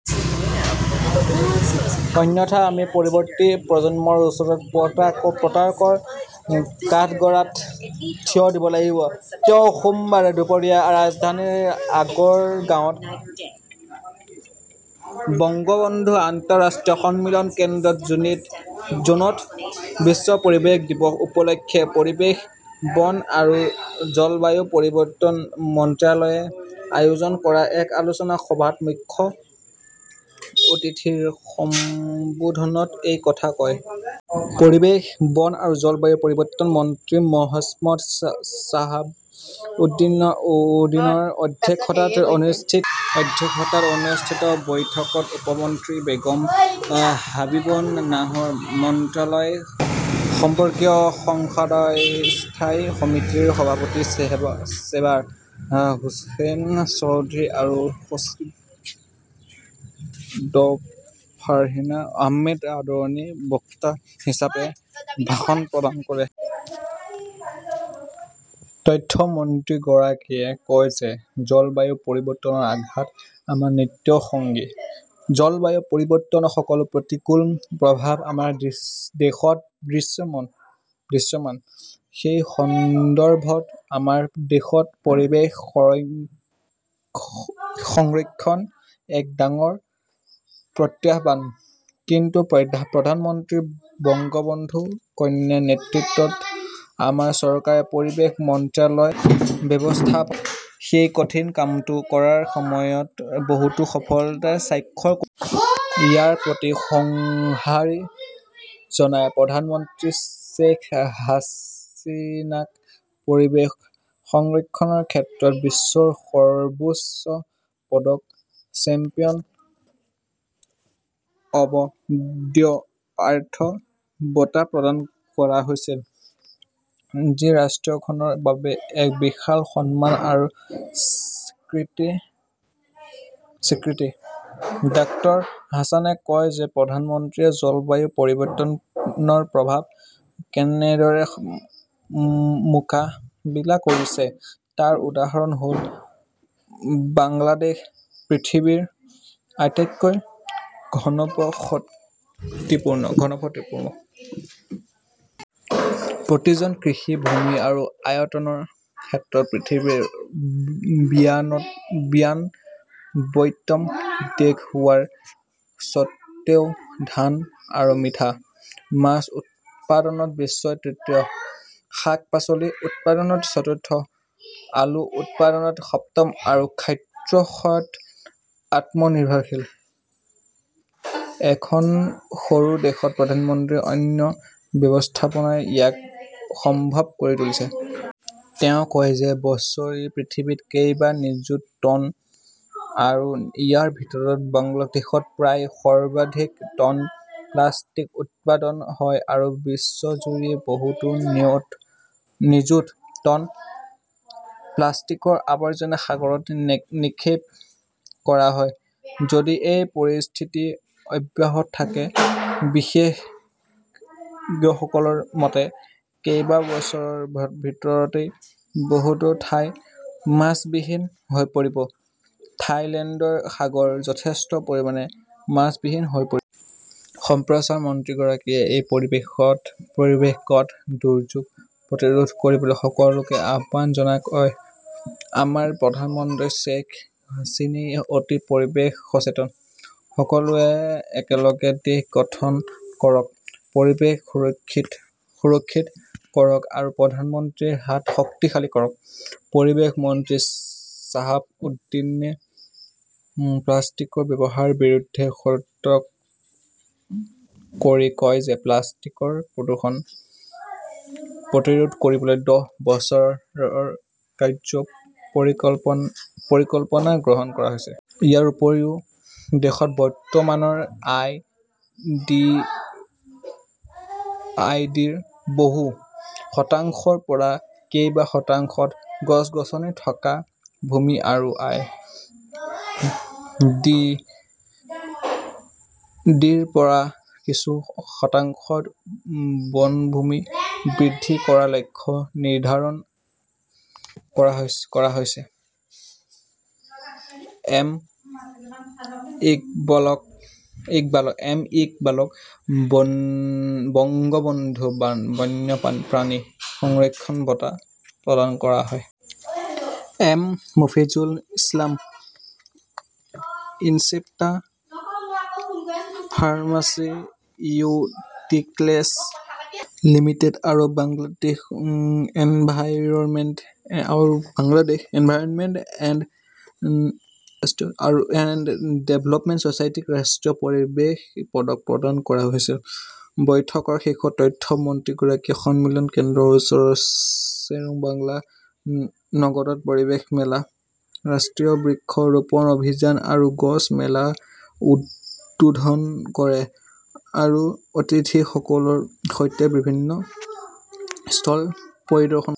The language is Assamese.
অন্যথা আমি পৰৱৰ্তী প্ৰজন্মৰ ওচৰত প্ৰতাৰকৰ কাঠগড়াত থিয় দিব লাগিব। তেওঁ সোমবাৰে দুপৰীয়া ৰাজধানীৰ আগৰগাঁৱত বঙ্গবন্ধু আন্তঃৰাষ্ট্ৰীয় সন্মিলন কেন্দ্ৰত জুনত বিশ্ব পৰিৱেশ দিৱস উপলক্ষে পৰিৱেশ, বন আৰু জলবায়ু পৰিৱৰ্তন মন্ত্ৰালয়ে আয়োজন কৰা এক আলোচনা সভাত মুখ্য অতিথিৰ সম্বোধনত এই কথা কয়। পৰিৱেশ, বন আৰু জলবায়ু পৰিৱৰ্তন মন্ত্ৰী মহম্মদ শ্বাহাব উদিনৰ অধ্যক্ষতাত অনুষ্ঠিত বৈঠকত উপ মন্ত্ৰী বেগম হাবিবুন নাহৰ, মন্ত্ৰালয় সম্পৰ্কীয় সংসদীয় স্থায়ী সমিতিৰ সভাপতি চেবাৰ হোসেন চৌধুৰী আৰু সচিব ড ফাৰ্হিনা আহমেদে আদৰণি বক্তা হিচাপে ভাষণ প্ৰদান কৰে। তথ্য মন্ত্ৰীগৰাকীয়ে কয় যে জলবায়ু পৰিৱৰ্তনৰ আঘাত আমাৰ নিত্য সঙ্গী। জলবায়ু পৰিৱৰ্তনৰ সকলো প্ৰতিকূল প্ৰভাৱ আমাৰ দেশত দৃশ্যমান। সেই সন্দৰ্ভত আমাৰ দেশত পৰিৱেশ সংৰক্ষণ এক ডাঙৰ প্ৰত্যাহ্বান। কিন্তু প্ৰধানমন্ত্ৰী বঙ্গবন্ধু কন্যাৰ নেতৃত্বত আমাৰ চৰকাৰে পৰিৱেশ মন্ত্ৰালয়ৰ ব্যৱস্থাপনাত সেই কঠিন কামটো কৰাৰ সময়ত বহুতো সফলতাৰ স্বাক্ষৰ কৰিছে। ইয়াৰ প্ৰতি সঁহাৰি জনাই প্ৰধানমন্ত্ৰী শ্বেইখ হাছিনাক পৰিৱেশ সংৰক্ষণৰ ক্ষেত্ৰত বিশ্বৰ সৰ্বোচ্চ পদক "চেম্পিয়ন অৱ দ্য আৰ্থ" বঁটা প্ৰদান কৰা হৈছিল, যি ৰাষ্ট্ৰখনৰ বাবে এক বিশাল সন্মান আৰু স্বীকৃতি। ডাঃ হাছানে কয় যে প্ৰধানমন্ত্ৰীয়ে জলবায়ু পৰিৱৰ্তনৰ প্ৰভাৱ কেনেদৰে মোকাবিলা কৰিছে তাৰ উদাহৰণ হ'ল বাংলাদেশ, পৃথিৱীৰ আটাইতকৈ ঘনবসতিপূৰ্ণ। প্ৰতি জন কৃষি ভূমি আৰু আয়তনৰ ক্ষেত্ৰত পৃথিৱীৰ বিয়ান্নব্বৈতম দেশ হোৱাৰ স্বত্ত্বেও ধান আৰু মিঠা মাছ উৎপাদনত বিশ্বৰ তৃতীয়, শাক-পাচলি উৎপাদনত চতুৰ্থ, আলু উৎপাদনত সপ্তম আৰু খাদ্যশস্যত আত্মনিৰ্ভৰশীল। এখন সৰু দেশত প্ৰধানমন্ত্ৰীৰ অনন্য ব্যৱস্থাপনাই ইয়াক সম্ভৱ কৰি তুলিছিল। তেওঁ কয় যে বছৰি পৃথিৱীত কেইবা নিযুত টন আৰু ইয়াৰ ভিতৰত বাংলাদেশত প্ৰায় সৰ্বাধিক টন প্লাষ্টিক উৎপাদন হয় আৰু বিশ্বজুৰি বহুতো নিযুত টন প্লাষ্টিকৰ আৱৰ্জনা সাগৰত নিক্ষেপ কৰা হয়। যদি এই পৰিস্থিতি অব্যাহত থাকে, বিশেষজ্ঞসকলৰ মতে কেইবা বছৰৰ ভিতৰতেই বহুতো ঠাই মাছবিহীন হৈ পৰিব, থাইলেণ্ডৰ সাগৰ যথেষ্ট পৰিমাণে মাছবিহীন হৈ পৰিছে। সম্প্ৰচাৰ মন্ত্ৰীগৰাকীয়ে এই পৰিৱেশগত দুৰ্যোগ প্ৰতিৰোধ কৰিবলৈ সকলোকে আহ্বান জনাই কয়, "আমাৰ প্ৰধানমন্ত্ৰী শ্বেইখ হাছিনাই অতি পৰিৱেশ সচেতন। সকলোৱে একেলগে দেশ গঠন কৰক, পৰিৱেশ সুৰক্ষিত কৰক আৰু প্ৰধানমন্ত্ৰীৰ হাত শক্তিশালী কৰক"। পৰিৱেশ মন্ত্ৰী শ্বাহাব উদ্দীনে প্লাষ্টিকৰ ব্যৱহাৰৰ বিৰুদ্ধে সতৰ্ক কৰি কয় যে প্লাষ্টিকৰ প্ৰদূষণ প্ৰতিৰোধ কৰিবলৈ দহ বছৰৰ কাৰ্য্য পৰিকল্পনা গ্ৰহণ কৰা হৈছে। ইয়াৰ উপৰিও, দেশত বৰ্তমানৰ আই. ডি.ৰ বহু শতাংশৰ পৰা কেইবা শতাংশত গছ-গছনি থকা ভূমি আৰু আই. ডি. ৰ পৰা কিছু শতাংশত বনভূমি বৃদ্ধি কৰাৰ লক্ষ্য নিৰ্ধাৰণ কৰা হৈছে। এম. ইকবালক বঙ্গবন্ধু বন্যপ্ৰাণী সংৰক্ষণ বঁটা প্ৰদান কৰা হয়। M. Mofizul Islam, Incepta pharmaceuticals limited আৰু বাংলাদেশ এনভাইৰনমেণ্ট এণ্ড ডেভেলপমেণ্ট ছ'চাইটিক ৰাষ্ট্ৰীয় পৰিৱেশ পদক প্ৰদান কৰা হৈছিল। বৈঠকৰ শেষত তথ্য মন্ত্ৰীগৰাকীয়ে সন্মিলন কেন্দ্ৰৰ ওচৰৰ শ্বেৰেবাংলা নগৰত পৰিৱেশ মেলা, ৰাষ্ট্ৰীয় বৃক্ষ ৰোপণ অভিযান আৰু গছ মেলা উদ্বোধন কৰে আৰু অতিথিসকলৰ সৈতে বিভিন্ন ষ্টল পৰিদৰ্শন কৰে।